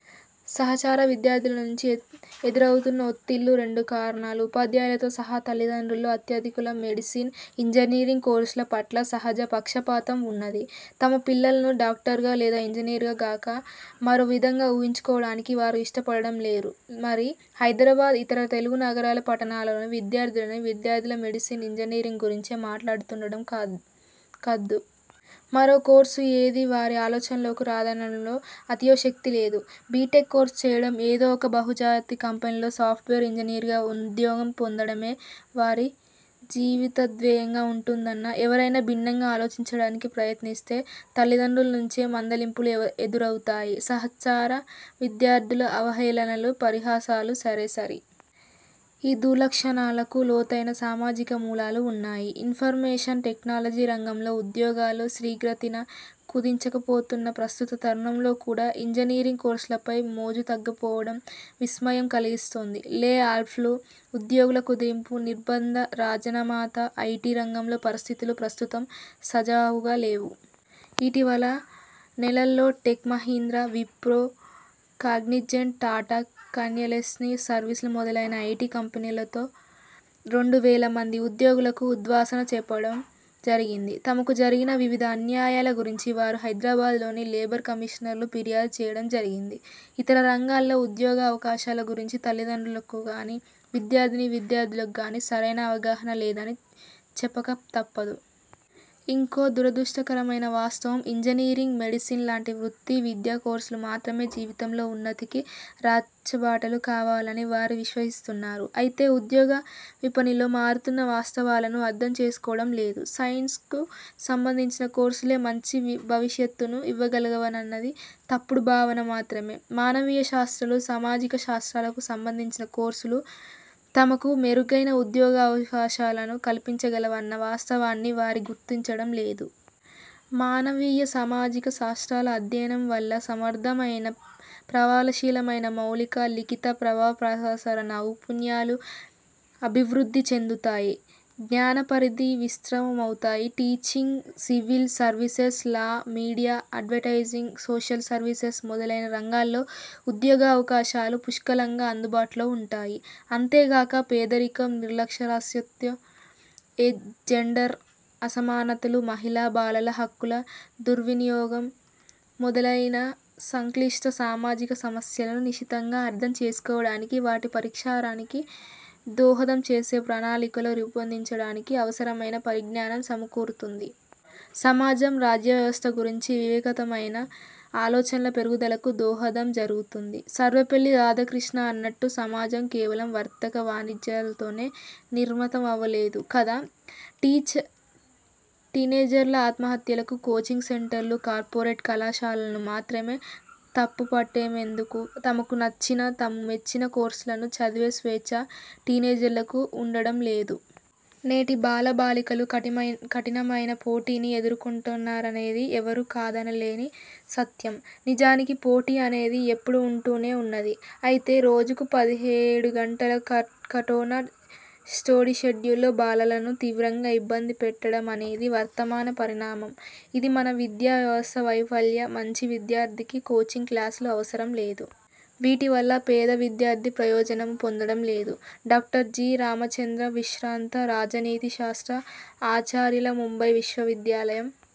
సహచర విద్యార్థుల నుంచి ఎదురవుతున్న ఒత్తిళ్ళు రెండో కారణం. ఉపాధ్యాయులతో సహా తల్లిదండ్రుల్లో అత్యధికులకు మెడిసిన్, ఇంజనీరింగ్ కోర్సుల పట్ల సహజ పక్షపాతం వున్నది. తమ పిల్లలను డాక్టర్గా లేదా ఇంజనీరుగా గాక మరో విధంగా ఊహించుకోవడానికి వారు ఇష్టపడడం లేదు మరి. హైదరాబాద్, ఇతర తెలుగు నగరాలు, పట్టణాలలోని విద్యార్థినీ విద్యార్థులు మెడిసిన్, ఇంజనీరింగ్ గురించే మాట్లాడుతుండడం కద్దు. మరో కోర్సు ఏదీ వారి ఆలోచనల్లోకి రాదనడంలో అతిశయోక్తి లేదు. బీటెక్ కోర్సు చేయడం, ఏదో ఒక బహుళ కంపెనీలో సాఫ్ట్వేర్ ఇంజనీర్గా ఉద్యోగం పొందడమే వారి జీవితధ్యేయంగా వుంటున్నది. ఎవరైనా భిన్నంగా ఆలోచించడానికి ప్రయత్నిస్తే తల్లిదండ్రుల నుంచే మందలింపులు ఎదురవుతాయి. సహచర విద్యార్థుల అవహేళనలు, పరిహాసాలు సరే సరి. ఈ దుర్లక్షణాలకు లోతైన సామాజిక మూలాలు వున్నాయి. ఇన్ఫర్మేషన్ టెక్నాలజీ రంగంలో ఉద్యోగాలు శీఘ్రగతిన కుదించుకుపోతున్న ప్రస్తుత తరుణంలో కూడా ఇంజనీరింగ్ కోర్సులపై మోజు తగ్గకపోవడం విస్మయం కల్గిస్తోంది. లే ఆఫ్లు, ఉద్యోగుల కుదింపు, నిర్బంధ రాజీనామాలతో ఐటీ రంగంలో పరిస్థితులు ప్రస్తుతం సజావుగా లేవు. ఇటీవలి నెలల్లో tech Mahindra, Wipro, Cognizant, Tata consultancy service మొదలైన ఐటీ కంపెనీలలో రెండు వేల మంది ఉద్యోగులకు ఉద్వాసన చెప్పడం జరిగింది. తమకు జరిగిన వివిధ అన్యాయాల గురించి వారు హైదరాబాద్లోని లేబర్ కమిషనర్కు ఫిర్యాదు చేయడం జరిగింది. ఇతర రంగాల్లో ఉద్యోగావకాశాల గురించి తల్లిదండ్రులకుగానీ, విద్యార్థినీ విద్యార్థులకు గానీ సరైన అవగాహన లేదని చెప్పకతప్పదు. ఇదొక దురదృష్టకరమైన వాస్తవం. ఇంజనీరింగ్, మెడిసిన్ లాంటి వృత్తి విద్యాకోర్సులు మాత్రమే జీవితంలో ఉన్నతికి రాచబాటలు కాగలవని వారు విశ్వసిస్తున్నారు. అయితే ఉద్యోగ విపణిలో మారుతున్న వాస్తవాలను అర్థం చేసుకోవడం లేదు. సైన్స్కు సంబంధించిన కోర్సులే మంచి భవిష్యత్తును ఇవ్వగలవన్నది తప్పుడు భావన మాత్రమే. మానవీయ శాస్త్రాలు, సామాజిక శాస్త్రాలకు సంబంధించిన కోర్సులు తమకు మెరుగైన ఉద్యోగావకాశాలను కల్పించగలవన్న వాస్తవాన్ని వారు గుర్తించడం లేదు. మానవీయ, సామాజిక శాస్త్రాల అధ్యయనం వల్ల సమర్థమైన, ప్రభావశీలమైన మౌఖిక, లిఖిత భావప్రసార నైపుణ్యాలు అభివృద్ధి చెందుతాయి. జ్ఞానపరిధి విస్తృతమవుతుంది. Teaching, civil services, law, media, advertising, social services మొదలైన రంగాల్లో ఉద్యోగావకాశాలు పుష్కలంగా అందుబాటులో వుంటాయి. అంతేగాక పేదరికం, నిరక్షరాస్యత, జెండర్ అసమానతలు, మహిళా, బాలల హక్కుల దుర్వినియోగం మొదలైన సంక్లిష్ట సామాజిక సమస్యలను నిశితంగా అర్థం చేసుకోవడానికి, వాటి పరిష్కారానికి దోహదం చేసే ప్రణాళికలు రూపొందించడానికి అవసరమైన పరిజ్ఞానం సమకూరుతుంది. సమాజం, రాజ్యవ్యవస్థ గురించి వివేకవంతమైన ఆలోచనల పెరుగుదలకు దోహదం జరుగుతుంది. సర్వేపల్లి రాధా కృష్ణన్ అన్నట్టు సమాజం కేవలం వర్తక వాణిజ్యాలతోనే నిర్మితమవలేదు కదా. టీనేజర్ల ఆత్మహత్యలకు కోచింగ్ సెంటర్లు, కార్పొరేట్ కళాశాలలను మాత్రమే తప్పుపట్టడమెందుకు? తమకు నచ్చిన, తాము మెచ్చిన కోర్సులను చదివే స్వేచ్ఛ టీనేజర్లకు ఉండడం లేదు. నేటి బాల బాలికలు కఠినమైన పోటీని ఎదుర్కొంటున్నారనేది ఎవరూ కాదనలేని సత్యం. నిజానికి పోటీ అనేది ఎప్పుడూ వుంటూనే వున్నది. అయితే రోజుకు పదిహేడుగంటల కఠోర స్టడీషెడ్యూల్తో బాలలను తీవ్రంగా ఇబ్బంది పెట్టడమనేది వర్తమాన పరిణామం. ఇది మన విద్యా వ్యవస్థ వైఫల్యం. మంచి విద్యార్థికి కోచింగ్ క్లాసుల అవసరం లేదు. వీటివల్ల పేద విద్యార్థి ప్రయోజనమూ పొందడం లేదు. Doctor G. రామచంద్రంవిశ్రాంత రాజనీతి శాస్త్ర ఆచార్యులు, ముంబై విశ్వవిద్యాలయం